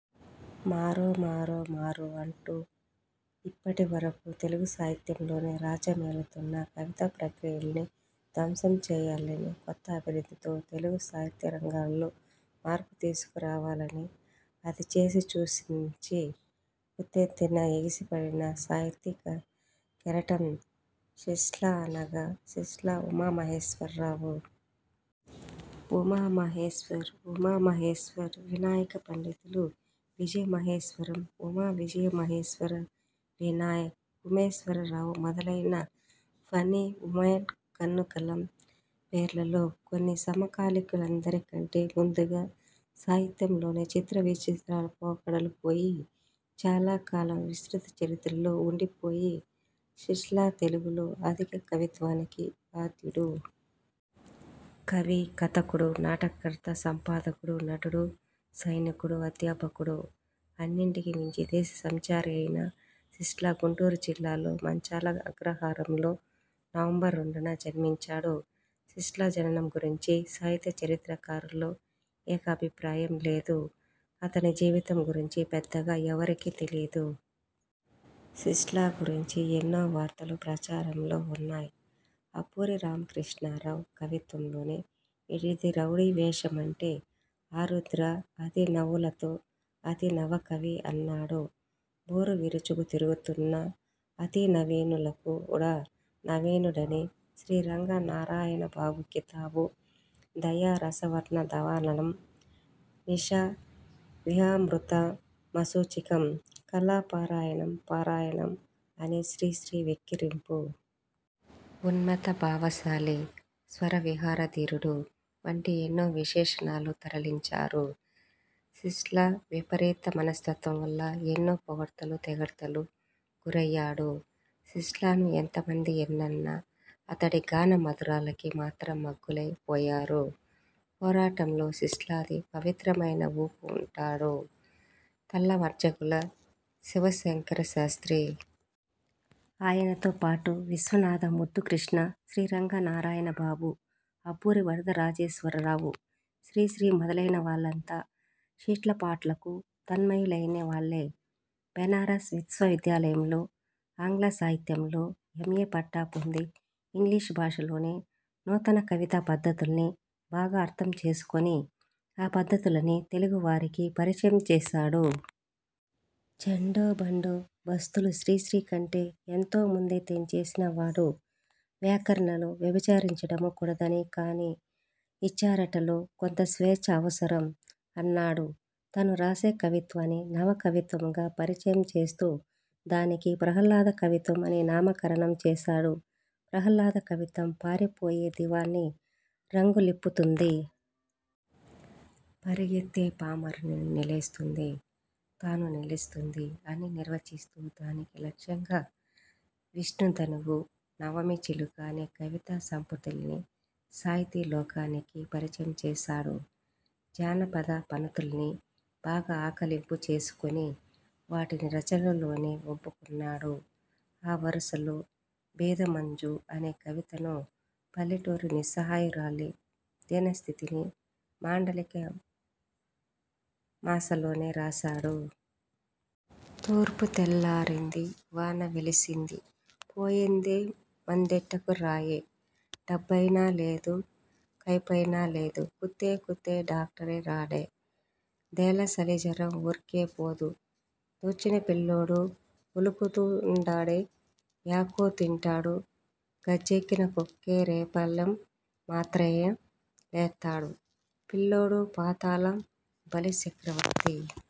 మారో మారో మారో' అంటూ అప్పటి వరకు తెలుగు సాహిత్యంలో రాజ్య మేలుతున్న కవితా ప్రక్రియల్ని ధ్వంసం చేయాలని, కొత్త అభివ్యక్తి తో తెలుగు సాహిత్య రంగంలో మార్పు తీసుకు రావాలని, అది చేసి చూపించి, ఉవ్వెత్తున ఎగిసిపడిన సాహితీ కెరటం శిష్ట్లా, అనగా శిష్ట్లా ఉమా మహేశ్వర రావు. ఉమా, మహేశ్వర్, ఉమా మహేశ్వర్, వినాయక పండితుడు, విజయ మహేశ్వరం, ఉమా విజయ మహేశ్వర వినాయక్, ఉమేశ్వర రావు మొదలైన వన్నీ 'ఉమాయ్'కున్న కలం పేర్లలో కొన్ని. సమకాలికులందరికంటే ముందుగా సాహిత్యంలో చిత్ర విచిత్ర పోకడలు పోయి, చాలా కాలం విస్మృత చరిత్రలో ఉండి పోయిన శిష్ట్లా తెలుగులో ఆధునిక కవిత్వానికి ఆద్యుడు. కవి, కథకుడు, నాటక కర్త, సంపాదకుడు, నటుడు, సైనికుడు, అధ్యాపకుడు, అన్నిటికీ మించి దేశ సంచారి అయిన శిష్ట్లా గుంటూరు జిల్లా మంచాళ అగ్రహారంలో, నవంబర్ రెండున జన్మించాడు. శిష్ట్లా జననం గురించి సాహిత్య చరిత్ర కారుల్లో ఏకాభి ప్రాయం లేదు. అతని జీవితం గురించి పెద్దగా ఎవరికీ తెలీదు. శిష్ట్లా గురించి ఎన్నో వార్తలు ప్రచారంలో ఉన్నాయ్. అబ్బూరి రామకృష్ణా రావు కవిత్వంలో వీడిది రౌడీ వేషం అంటే, ఆరుద్ర అతి నవ్యులలో అతి నవ్యకవి అన్నాడు. బోర విరుచుకు తిరుగుతున్న అతి నవీనులకు కూడా నవీనుడని శ్రీరంగం నారా యణబాబు కితాబు. దయా రసార్ణవ దవానలం, నిషా విహామృత మశూచికం, కళా పరాయణ పలాయనం అని శ్రీశ్రీ వెక్కిరింపు. ఉన్మత్త భావశాలి, స్వర విహారధీరుడు వంటి ఎన్నో విశేషణాలు తగిలించారు. శిష్ట్లా విపరీత మనస్తత్వం వల్ల ఎన్నో పొగడ్తలకు, తెగడ్తలకు గురయ్యాడు. శిష్ట్లాను ఎంత మంది ఎన్నన్నా అతడి గాన మాధుర్యానికి మాత్రం ముగ్ధులై పోయారు. పాడటంలో శిష్ట్లాది విచిత్రమైన ఊపు అంటాడు తల్లా వఝ్ఝల శివశంకర శాస్త్రి. ఆయనతో పాటు, విశ్వనాథ, ముద్దు కృష్ణ, శ్రీరంగం నారాయణ బాబు, అబ్బూరి వరద రాజేశ్వర రావు, శ్రీశ్రీ మొదలైన వాళ్లంతా శిష్ట్లా పాటకు తన్మయు లైనవాళ్లే. బెనారస్ విశ్వ విద్యాలయంలో ఆంగ్ల సాహిత్యంలో ఎం. ఏ. పట్టా పొంది, ఇంగ్లీషు భాషలోని నూతన కవితా పద్ధతుల్ని బాగా అర్థం చేసుకుని, ఆ పద్ధతుల్ని తెలుగు వారికి పరిచయం చేశాడు. ఛందో బందో బస్తులు శ్రీశ్రీ కంటే ఎంతో ముందే తెంచేసిన వాడు. ''వ్యాకరణంలో వ్యభిచరించటము కూడదు కాని ఇచ్చాడట లో కొంత స్వేచ్ఛ అవసరం! అన్నాడు. తను రాసే కవిత్వాన్ని నవకవిత్వంగా పరిచయం చేస్తూ, దానికి ప్రాహ్లాద కవిత్వం అని నామకరణం చేశాడు. ప్రాహ్లాద కవిత్వం ఆరిపోయే దీపాన్ని రగుల్పుతుంది! పరుగెత్తే పామరుణ్ణి నిలేస్తుంది! తాను నిలుస్తుంది అని నిర్వచిస్తూ, దానికి లక్ష్యంగా విష్ణు ధనువు, నవమి చిలుక అనే కవితా సంపుటుల్ని సాహితీ లోకానికి పరిచయం చేశాడు. జానపద ఫణుతుల్ని బాగా ఆకళింపు చేసుకుని, వాటిని రచనల్లోకి ఒంపు కున్నాడు. ఆ వరుసలో 'బీదమందు' అనే కవితను పల్లెటూరి నిస్సహాయురాలి దీనస్థితిని మాండలిక యాసలోనే రాశాడు. 'తూర్పు తెల్లారింది, వాన వెలిసింది! పోయే మందెట్టుకు రాయే! డబ్బైనా లేదు. కాసైనా లేదు! కూత్తె కేౖతే డాక్టేరు రాడే! దేళ సలిజరం ఊర్కే పోదే! దొచ్చిన పిల్లోడు ఉలుకు తుండాడే! యాకో తింటాడు గజ్జెట్టిన కుక్క! రేపాళం మాత్రెయ్యే, లేత్తాడు, పిల్లోడు! పాతాళం బలి సెక్రవర్తీ!